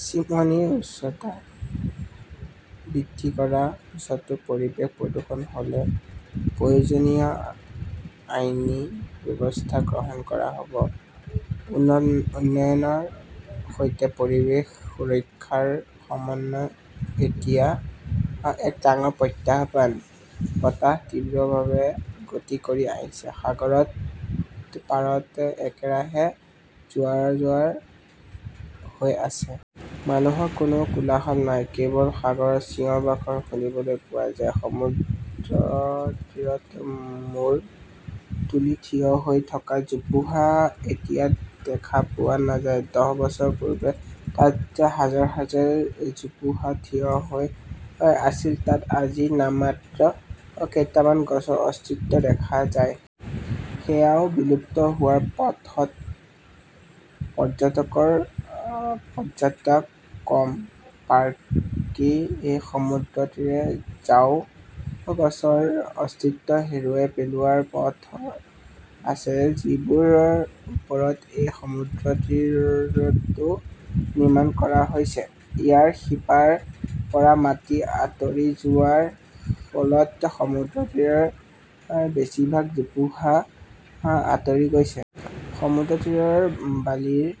চিমনীৰ উচ্চতা বৃদ্ধি কৰাৰ পিছতো পৰিৱেশ প্ৰদূষণ হ'লে, প্ৰয়োজনীয় আইনী ব্যৱস্থা গ্ৰহণ কৰা হ'ব। উন্নয়নৰ সৈতে পৰিৱেশ সুৰক্ষাৰ সমন্বয় এতিয়া এক ডাঙৰ প্ৰত্যাহ্বান। বতাহ তীব্ৰভাৱে গতি কৰি আছে, সাগৰত পাৰত একেৰাহে জোৱাৰ-জোৱাৰ হৈ আছে। মানুহৰ কোনো কোলাহল নাই। কেৱল সাগৰৰ চিঞৰ-বাখৰ শুনিবলৈ পোৱা যায়। সমুদ্ৰতীৰত মূৰ তুলি থিয় হৈ থকা জোপোহা এতিয়া দেখা পোৱা নাযায়। দহ বছৰ পূৰ্বে য'ত হাজাৰ হাজাৰ জোপোহা থিয় হৈ আছিল তাত আজি নামমাত্ৰ কেইটামান গছৰ অস্তিত্ব দেখা যায়। সেয়াও বিলুপ্ত হোৱাৰ পথত। পৰ্যটকৰ পদযাত্ৰাও কম। পাৰ্কি সমুদ্ৰতীৰে ঝাও গছৰ অস্তিত্ব হেৰুৱাই পেলোৱাৰ পথত আছে যিবোৰৰ ওপৰত এই সমুদ্ৰতীৰটো নিৰ্মাণ কৰা হৈছে। ইয়াৰ শিপাৰ পৰা মাটি আঁতৰি যোৱাৰ ফলত সমুদ্ৰতীৰৰ বেছিভাগ জোপোহা আঁতৰি গৈছে। সমুদ্ৰতীৰৰ বালিৰ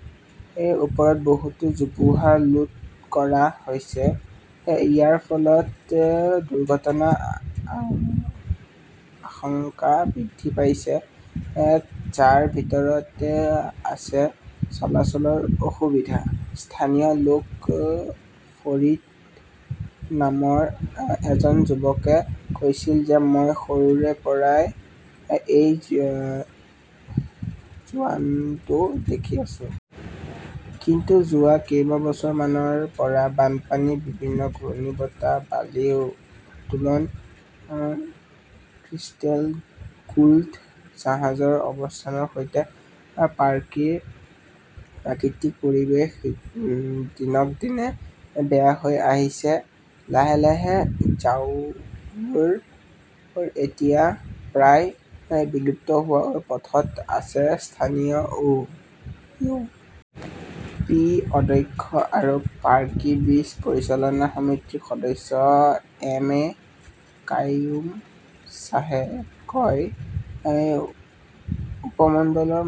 ওপৰত বহুতো জোপোহা লুট কৰা হৈছে। ইয়াৰ ফলত দুৰ্ঘটনাৰ আশংকা বৃদ্ধি পাইছে, যাৰ ভিতৰত আছে চলাচলৰ অসুবিধা। স্থানীয় লোক ফৰিদ নামৰ এজন যুৱকে কৈছিল যে মই সৰুৰে পৰাই এই জোৱানটো দেখি আহিছো। কিন্তু যোৱা কেইবছৰমানৰ পৰা বানপানী, বিভিন্ন ঘূৰ্ণীবতাহ, বালি উত্তোলন, ক্ৰিষ্টেল গোল্ড জাহাজৰ অৱস্থানৰ সৈতে পাৰ্কিৰ প্ৰাকৃতিক পৰিৱেশ দিনক দিনে বেয়া হৈ আহিছে। লাহে লাহে ঝাউবোৰ এতিয়া প্ৰায় বিলুপ্ত হোৱাৰ পথত আছে। স্থানীয় ইউ. পি. অধ্যক্ষ আৰু পাৰ্কি বিচ পৰিচালনা সমিতিৰ সদস্য এম. এ. কাইয়ুম শ্বাহে কয়, উপমণ্ডলৰ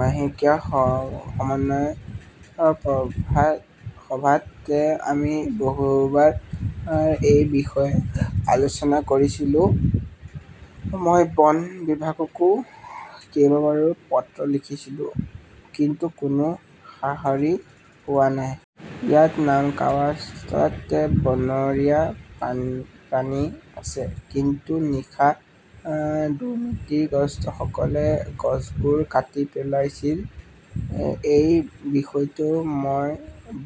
মাহেকীয়া সমন্বয় সভাত আমি বহুবাৰ এই বিষয়ে আলোচনা কৰিছিলো। মই বন বিভাগকো কেইবাবাৰো পত্ৰ লিখিছোঁ, কিন্তু কোনো সঁহাৰি পোৱা নাই। ইয়াত নামকাৱাস্তত বনৰীয়া প্ৰাণী আছে। কিন্তু নিশা দুৰ্নীতিগ্ৰস্তসকলে গছবোৰ কাটি পেলাইছিল। এই বিষয়টো মই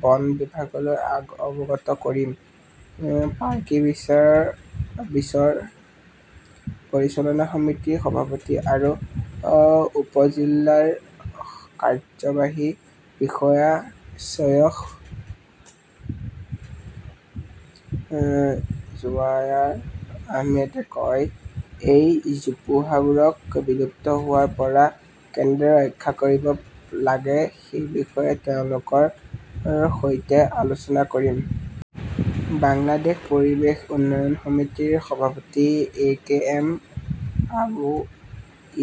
বন বিভাগলৈ অৱগত কৰিম, পাৰ্কি বিচৰ পৰিচালনা সমিতিৰ সভাপতি আৰু উপ-জিলাৰ কাৰ্যবাহী বিষয়া শ্বেইখ জোবায়াৰ আহমেদে কয়। এই জোপোহাবোৰক বিলুপ্ত হোৱাৰ পৰা কেনেদৰে ৰক্ষা কৰিব লাগে সেই বিষয়ে তেওঁলোকৰ সৈতে আলোচনা কৰিম। বাংলাদেশ পৰিৱেশ উন্নয়ন সমিতিৰ সভাপতি এ. কে. এম. আবু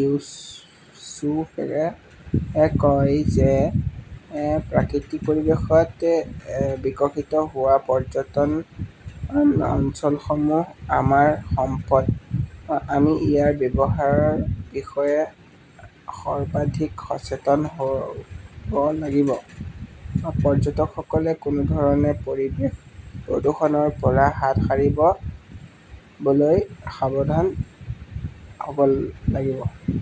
ইউছুফে কয় যে প্ৰাকৃতিক পৰিৱেশত বিকশিত হোৱা পৰ্যটন অঞ্চলসমূহ আমাৰ সম্পদ। আমি ইয়াৰ ব্যৱহাৰৰ বিষয়ে সৰ্বাধিক সচেতন হ 'ব লাগিব। পৰ্যটকসকলে কোনো ধৰণে পৰিৱেশ প্ৰদূষণৰ পৰা হাত সাৰিবলৈ সাৱধান হ'ব লাগিব।